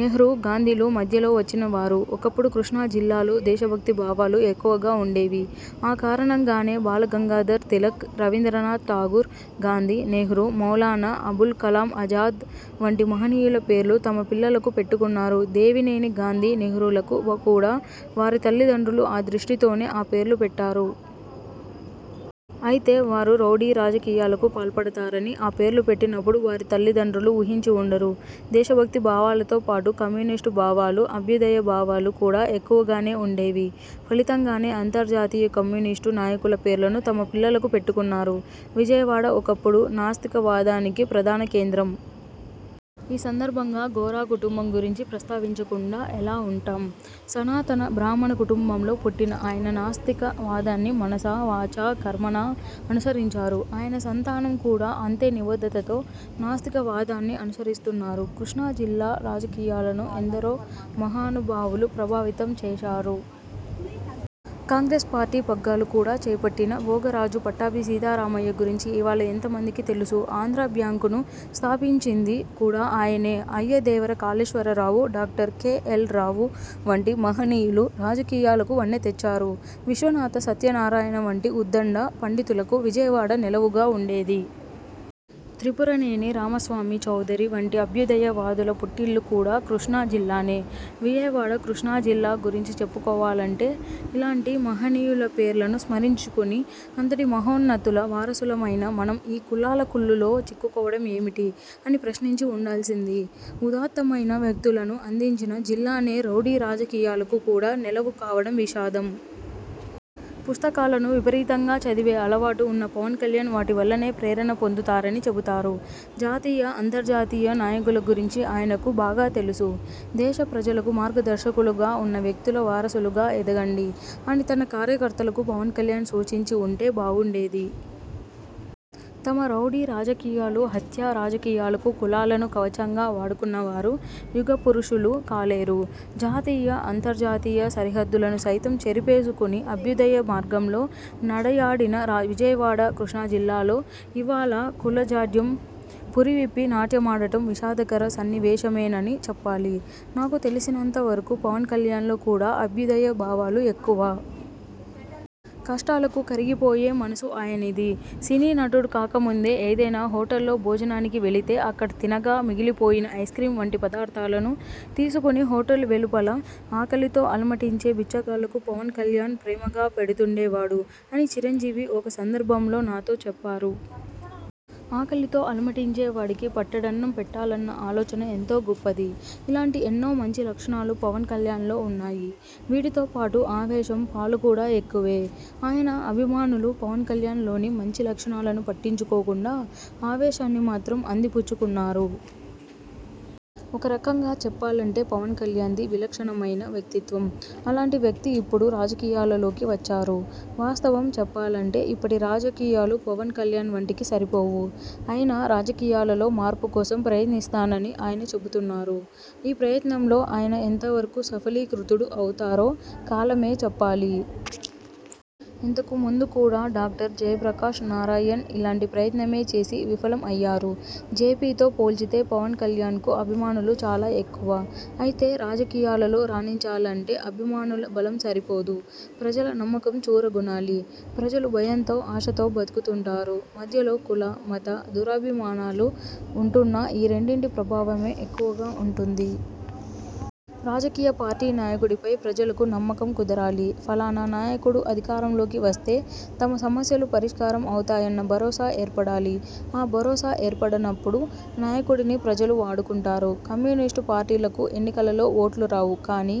నెహ్రూ, గాంధీలు మధ్యలో వచ్చిన వారు. ఒకప్పుడు కృష్ణా జిల్లాలో దేశ భక్తి భావాలు ఎక్కువగా ఉండేవి. ఆ కారణంగానే బాలగంగాధర్ తిలక్, రవీంద్రనాథ్ ఠాగూర్, గాంధి, నెహ్రూ, మౌలానా అబుల్ కలాం ఆజాద్ వంటి మహనీయుల పేర్లు తమ పిల్లలకు పెట్టుకున్నారు. దేవినేని గాంధీ, నెహ్రూలకు కూడా వారి తల్లిదండ్రులు ఆ దృష్టితోనే ఆ పేర్లు పెట్టారు. అయితే వారు రౌడీ రాజకీయాలకు పాల్పడతారని ఆ పేర్లు పెట్టినప్పుడు వారి తల్లిదండ్రులు ఊహించి ఉండరు. దేశభక్తి భావాలతో పాటు కమ్యూనిస్టు భావాలు, అభ్యుదయ భావాలు కూడా ఎక్కువగానే ఉండేవి. ఫలితంగానే అంతర్జాతీయ కమ్యూనిస్టు నాయకుల పేర్లను తమ పిల్లలకు పెట్టుకున్నారు. విజయవాడ ఒకప్పుడు నాస్తికవాదానికి ప్రధాన కేంద్రం. ఈ సందర్భంగా గోరా కుటుంబం గురించి ప్రస్తావించకుండా ఎలా ఉంటాం? సనాతన బ్రాహ్మణ కుటుంబంలో పుట్టిన ఆయన నాస్తిక వాదాన్ని మనసా, వాచా, కర్మణా అనుసరించారు. ఆయన సంతానం కూడా అంతే నిబద్ధతతో నాస్తిక వాదాన్ని అనుసరిస్తున్నారు. కృష్ణా జిల్లా రాజకీయాలను ఎందరో మహానుభావులు ప్రభావితం చేశారు. కాంగ్రెస్ పార్టీ పగ్గాలు కూడా చేపట్టిన భోగ రాజు పట్టాభి సీతారామయ్య గురించి ఇవాళ ఎంత మందికి తెలుసు? ఆంధ్రా బ్యాంకును స్థాపించింది కూడా ఆయనే! Ayyadevara Kaleswara Rao, doctor K. L. Rao వంటి మహనీయులు రాజకీయాలకు వన్నె తెచ్చారు. విశ్వనాథ సత్యనారాయణ వంటి ఉద్ధండ పండితులకు విజయవాడ నెలవుగా ఉండేది. త్రిపురనేని రామస్వామి చౌదరి వంటి అభ్యుదయ వాదుల పుట్టిల్లు కూడా కృష్ణా జిల్లానే! విజయవాడ, కృష్ణా జిల్లా గురించి చెప్పుకోవాలంటే ఇలాంటి మహనీయుల పేర్లను స్మరించుకుని, అంతటి మహోన్నతుల వారసులమైన మనం ఈ కులాల కుళ్లులో చిక్కుకోవడం ఏమిటి? అని ప్రశ్నించి ఉండాల్సింది. ఉదాత్తమైన వ్యక్తులను అందించిన జిల్లానే రౌడీ రాజకీయాలకు కూడా నెలవు కావడం విషాదం. పుస్తకాలను విపరీతంగా చదివే అలవాటు ఉన్న పవన్ కల్యాణ్ వాటి వల్లనే ప్రేరణ పొందుతారని చెబుతారు. జాతీయ, అంతర్జాతీయ నాయకుల గురించి ఆయనకు బాగా తెలుసు. దేశ ప్రజలకు మార్గదర్శకులుగా ఉన్న వ్యక్తుల వారసులుగా ఎదగండి అని తన కార్యకర్తలకు పవన్ కల్యాణ్ సూచించి ఉంటే బాగుండేది. తమ రౌడీ రాజకీయాలు, హత్యా రాజకీయాలకు కులాలను కవచంగా వాడుకున్నవారు యుగ పురుషులు కాలేరు. జాతీయ, అంతర్జాతీయ సరిహద్దులను సైతం చెరిపేసుకుని అభ్యుదయ మార్గంలో నడయాడిన విజయవాడ, కృష్ణా జిల్లాలో ఇవ్వాళ కుల జాఢ్యం పురి విప్పి నాట్యమాడటం విషాదకర సన్నివేశమేనని చెప్పాలి. నాకు తెలిసినంత వరకు పవన్ కల్యాణ్ లో కూడా అభ్యుదయ భావాలు ఎక్కువ! కష్టాలకు కరిగిపోయే మనసు ఆయనది! సినీ నటుడు కాకముందే ఏదైనా హోటల్లో భోజనానికి వెళితే అక్కడ తినగా మిగిలిపోయిన ఐస్క్రీమ్ వంటి పదార్థాలను తీసుకుని హోటల్ వెలుపల ఆకలితో అలమటించే బిచ్చగాళ్లకు పవన్ కల్యాణ్ ప్రేమగా పెడుతుండే వాడు అని చిరంజీవి ఒక సందర్భంలో నాతో చెప్పారు. ఆకలితో అలమటించే వాడికి పట్టెడన్నం పెట్టాలన్న ఆలోచన ఎంతో గొప్పది. ఇలాంటి ఎన్నో మంచి లక్షణాలు పవన్ కల్యాణ్ లో ఉన్నాయి. వీటితో పాటు ఆవేశం పాలు కూడా ఎక్కువే! ఆయన అభిమానులు పవన్ కల్యాణ్ లోని మంచి లక్షణాలను పట్టించుకోకుండా ఆవేశాన్ని మాత్రం అందిపుచ్చుకున్నారు. ఒక రకంగా చెప్పాలంటే పవన్ కల్యాణ్ది విలక్షణమైన వ్యక్తిత్వం. అలాంటి వ్యక్తి ఇప్పుడు రాజకీయాలలోకి వచ్చారు. వాస్తవం చెప్పాలంటే ఇప్పటి రాజకీయాలు పవన్ కల్యాణ్ వంటికి సరిపోవు. అయినా రాజకీయాలలో మార్పు కోసం ప్రయత్నిస్తానని ఆయన చెబుతున్నారు. ఈ ప్రయత్నంలో ఆయన ఎంతవరకు సఫలీకృతుడు అవుతారో కాలమే చెప్పాలి. ఇంతకు ముందు కూడా డాక్టర్ జయప్రకాశ్ నారాయణ్ ఇలాంటి ప్రయత్నమే చేసి విఫలం అయ్యారు. జేపీతో పోల్చితే పవన్ కల్యాణ్కు అభిమానులు చాలా ఎక్కువ. అయితే రాజకీయాలలో రాణించాలంటే అభిమానుల బలం సరిపోదు. ప్రజల నమ్మకం చూరగొనాలి. ప్రజలు భయంతో, ఆశతో బతుకుతుంటారు. మధ్యలో కుల, మత దురభిమానాలు ఉంటున్నా ఈ రెండింటి ప్రభావమే ఎక్కువగా ఉంటుంది. రాజకీయ పార్టీ నాయకుడిపై ప్రజలకు నమ్మకం కుదరాలి. ఫలానా నాయకుడు అధికారంలోకి వస్తే తమ సమస్యలు పరిష్కారం అవుతాయన్న భరోసా ఏర్పడాలి. ఆ భరోసా ఏర్పడనప్పుడు నాయకుడిని ప్రజలు వాడుకుంటారు. కమ్యూనిస్టు పార్టీలకు ఎన్నికలలో ఓట్లు రావు కానీ